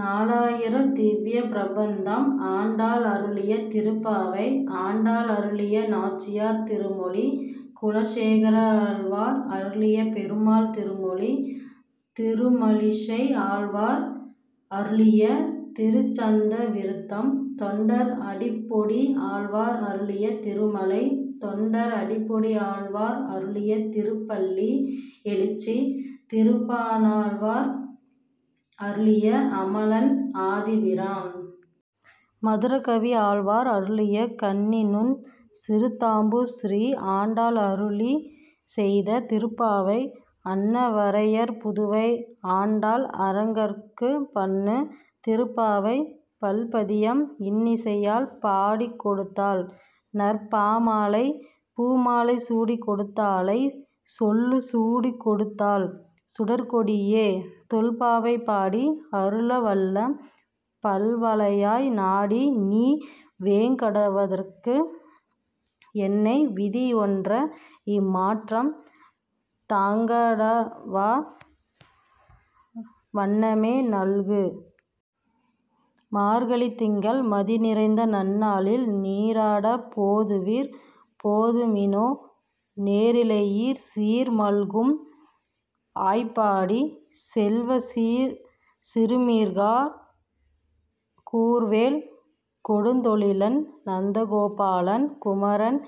நாலாயிரத் திவ்வியப் பிரபந்தம். ஆண்டாள் அருளிய திருப்பாவை. ஆண்டாள் அருளிய நாச்சியார் திருமொழி. குலசேகராழ்வார் அருளிய பெருமாள் திருமொழி. திருமழிசை ஆழ்வார் அருளிய திருச்சந்த விருத்தம். தொண்டர் அடிப்பொடி ஆழ்வார் அருளிய திருமலை. தொண்டர் அடிப்பொடி ஆழ்வார் அருளிய திருப்பள்ளி எழுச்சி. திருப்பாணாழ்வார் அருளிய அமலன் ஆதிபிரான். மதுரகவி ஆழ்வார் அருளிய கண்ணி நுண் சிறுத்தாம்பு ஸ்ரீ ஆண்டாள் அருளிச் செய்த திருப்பாவை அன்ன வயற்புதுவை ஆண்டாள் அரங்கற்குப் பன்னு திருப்பாவைப் பல்பதியம் இன்னிசையால் பாடிக்கொடுத்தாள் நற்பாமாலை பூமாலை சூடிக் கொடுத்தாளைச் சொல்லு சூடிக் கொடுத்தாள் சுடர்க் கொடியே தொல்பாவை பாடி அருளவல்ல பல்வளையாய் நாடி நீ வேங்கடவற்கு என்னை விதி ஒன்ற இம்மாற்றம் நாங்கடவா வண்ணமே நல்கு. மார்கழித் திங்கள் மதி நிறைந்த நன்னாளால் நீராடப் போதுவீர் போதுமினோ நேரிழையீர் சீர் மல்கும் ஆய்ப்பாடிச் செல்வச் சிறுமீர்காள் கூர்வேல் கொடுந்தொழிலன் நந்தகோபன் குமரன்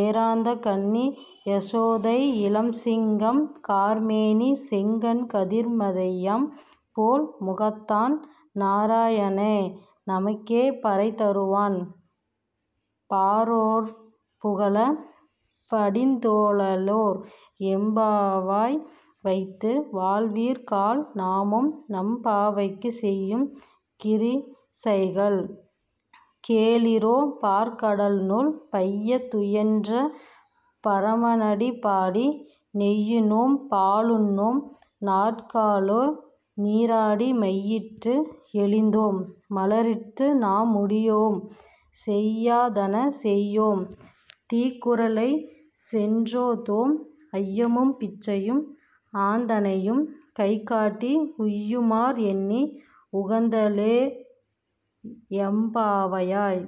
ஏரார்ந்த கண்ணி யசோதை இளம் சிங்கம் கார் மேனி செங்கண் கதிர் மதியம் போல் முகத்தான் நாராயணனே நமக்கே பறை தருவான் பாரோர் புகழப் படிந்தேலோர் எம்பாவாய் வையத்து வாழ்வீர்காள் நாமும் நம்பாவைக்குச் செய்யும் கிரிசைகள் கேளீரோ பாற்கடலுள் பையத் துயின்ற பரமனடி பாடி நெய்யுண்ணோம் பாலுண்ணோம் நாட்காலே நீராடி மையிட்டு எழுதோம் மலரிட்டு நாம் முடியோம் செய்யாதன செய்யோம் தீக்குறளைச் சென்றோதோம் ஐயமும் பிச்சையும் ஆந்தனையும் கை காட்டி உய்யுமாற் எண்ணி உகந்தேலோர் எம்பாவாய்.